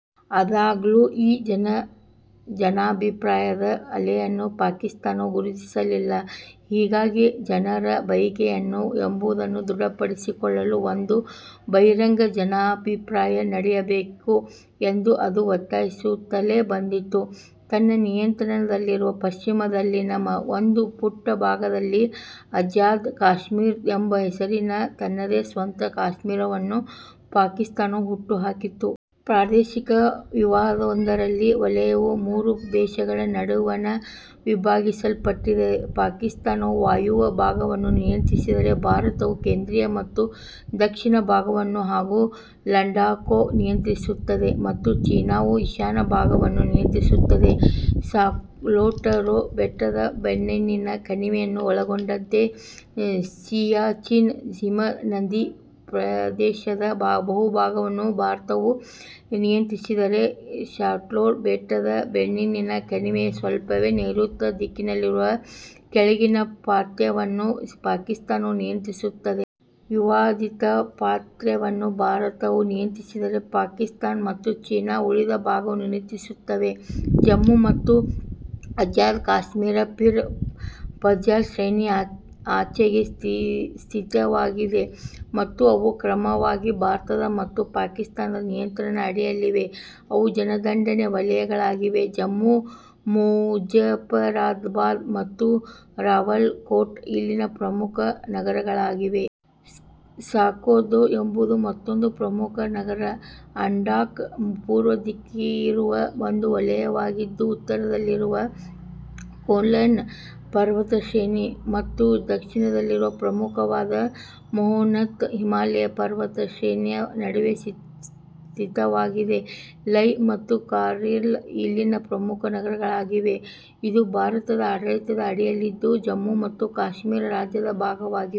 ಆದಾಗ್ಯೂ, ಈ ಜನಾಭಿಪ್ರಾಯದ ಅಲೆಯನ್ನು ಪಾಕಿಸ್ತಾನವು ಗುರುತಿಸಲಿಲ್ಲ. ಹೀಗಾಗಿ ಜನರ ಬಯಕೆಯೇನು ಎಂಬುದನ್ನು ದೃಢಪಡಿಸಿಕೊಳ್ಳಲು ಒಂದು ಬಹಿರಂಗ ಜನಾಭಿಪ್ರಾಯ ನಡೆಯಬೇಕು ಎಂದು ಅದು ಒತ್ತಾಯಿಸುತ್ತಲೇ ಬಂದಿತು. ತನ್ನ ನಿಯಂತ್ರಣದಲ್ಲಿರುವ ಪಶ್ಚಿಮದಲ್ಲಿನ ಒಂದು ಪುಟ್ಟ ಭಾಗದಲ್ಲಿ ಅಜಾದ್ ಕಾಶ್ಮೀರ ಎಂಬ ಹೆಸರಿನ ತನ್ನದೇ ಸ್ವಂತ ಕಾಶ್ಮೀರವನ್ನು ಪಾಕಿಸ್ತಾನವು ಹುಟ್ಟುಹಾಕಿತು. ಪ್ರಾದೇಶಿಕ ವಿವಾದವೊಂದರಲ್ಲಿ ವಲಯವು ಮೂರು ದೇಶಗಳ ನಡುವಣ ವಿಭಾಗಿಸಲ್ಪಟ್ಟಿದೆ: ಪಾಕಿಸ್ತಾನವು ವಾಯವ್ಯ ಭಾಗವನ್ನು ನಿಯಂತ್ರಿಸಿದರೆ, ಭಾರತವು ಕೇಂದ್ರೀಯ ಮತ್ತು ದಕ್ಷಿಣ ಭಾಗವನ್ನು ಹಾಗೂ ಲಡಾಖ್ನ್ನು ನಿಯಂತ್ರಿಸುತ್ತದೆ, ಮತ್ತು ಚೀನಾವು ಈಶಾನ್ಯ ಭಾಗವನ್ನು ನಿಯಂತ್ರಿಸುತ್ತದೆ. ಸಾಲ್ಟೋರೋ ಬೆಟ್ಟದ ಬೆನ್ನೇಣಿನ ಕಣಿವೆಯನ್ನು ಒಳಗೊಂಡಂತೆ ಸಿಯಾಚಿನ್ ಹಿಮನದಿ ಪ್ರದೇಶದ ಬಹುಭಾಗವನ್ನು ಭಾರತವು ನಿಯಂತ್ರಿಸಿದರೆ, ಸಾಲ್ಟೋರೋ ಬೆಟ್ಟದ ಬೆನ್ನೇಣಿನ ಕಣಿವೆಯ ಸ್ವಲ್ಪವೇ ನೈರುತ್ಯ ದಿಕ್ಕಿಗಿರುವ ಕೆಳಗಿನ ಪ್ರಾಂತ್ಯವನ್ನು ಪಾಕಿಸ್ತಾನವು ನಿಯಂತ್ರಿಸುತ್ತದೆ. ವಿವಾದಿತ ಪ್ರಾಂತ್ಯವನ್ನು ಭಾರತವು ನಿಯಂತ್ರಿಸಿದರೆ, ಪಾಕಿಸ್ತಾನ ಮತ್ತು ಚೀನಾ, ಉಳಿದ ಭಾಗವನ್ನು ನಿಯಂತ್ರಿಸುತ್ತವೆ. ಜಮ್ಮು ಮತ್ತು ಅಜಾದ್ ಕಾಶ್ಮೀರ, ಪೀರ್ ಪಂಜಾಲ್ ಶ್ರೇಣಿಯ ಆಚೆಗೆ ಸ್ಥಿತವಾಗಿವೆ, ಮತ್ತು ಅವು ಕ್ರಮವಾಗಿ ಭಾರತದ ಮತ್ತು ಪಾಕಿಸ್ತಾನದ ನಿಯಂತ್ರಣದ ಅಡಿಯಲ್ಲಿವೆ. ಇವು ಜನದಟ್ಟಣೆಯ ವಲಯಗಳಾಗಿವೆ. ಜಮ್ಮು, ಮುಝಾಫರಾಬಾದ್ ಮತ್ತು ರಾವಲಕೋಟ್ ಇಲ್ಲಿನ ಪ್ರಮುಖ ನಗರಗಳಾಗಿವೆ. ಸ್ಕಾರ್ದು ಎಂಬುದು ಮತ್ತೊಂದು ಪ್ರಮುಖ ನಗರ. ಲಡಾಖ್, ಪೂರ್ವದಿಕ್ಕಿಗಿರುವ ಒಂದು ವಲಯವಾಗಿದ್ದು, ಉತ್ತರದಲ್ಲಿರುವ ಕುನ್ಲುನ್ ಪರ್ವತಶ್ರೇಣಿ ಮತ್ತು ದಕ್ಷಿಣದಲ್ಲಿರುವ ಪ್ರಮುಖವಾದ ಮಹೋನ್ನತ ಹಿಮಾಲಯ ಪರ್ವತ ಶ್ರೇಣಿಯ ನಡುವೆ ಸ್ಥಿತವಾಗಿದೆ. ಲೆಹ್ ಮತ್ತು ಕಾರ್ಗಿಲ್ ಇಲ್ಲಿನ ಪ್ರಮುಖ ನಗರಗಳಾಗಿವೆ. ಇದು ಭಾರತದ ಆಡಳಿತದ ಅಡಿಯಲ್ಲಿದ್ದು, ಜಮ್ಮು ಮತ್ತು ಕಾಶ್ಮೀರ ರಾಜ್ಯದ ಭಾಗವಾಗಿದೆ.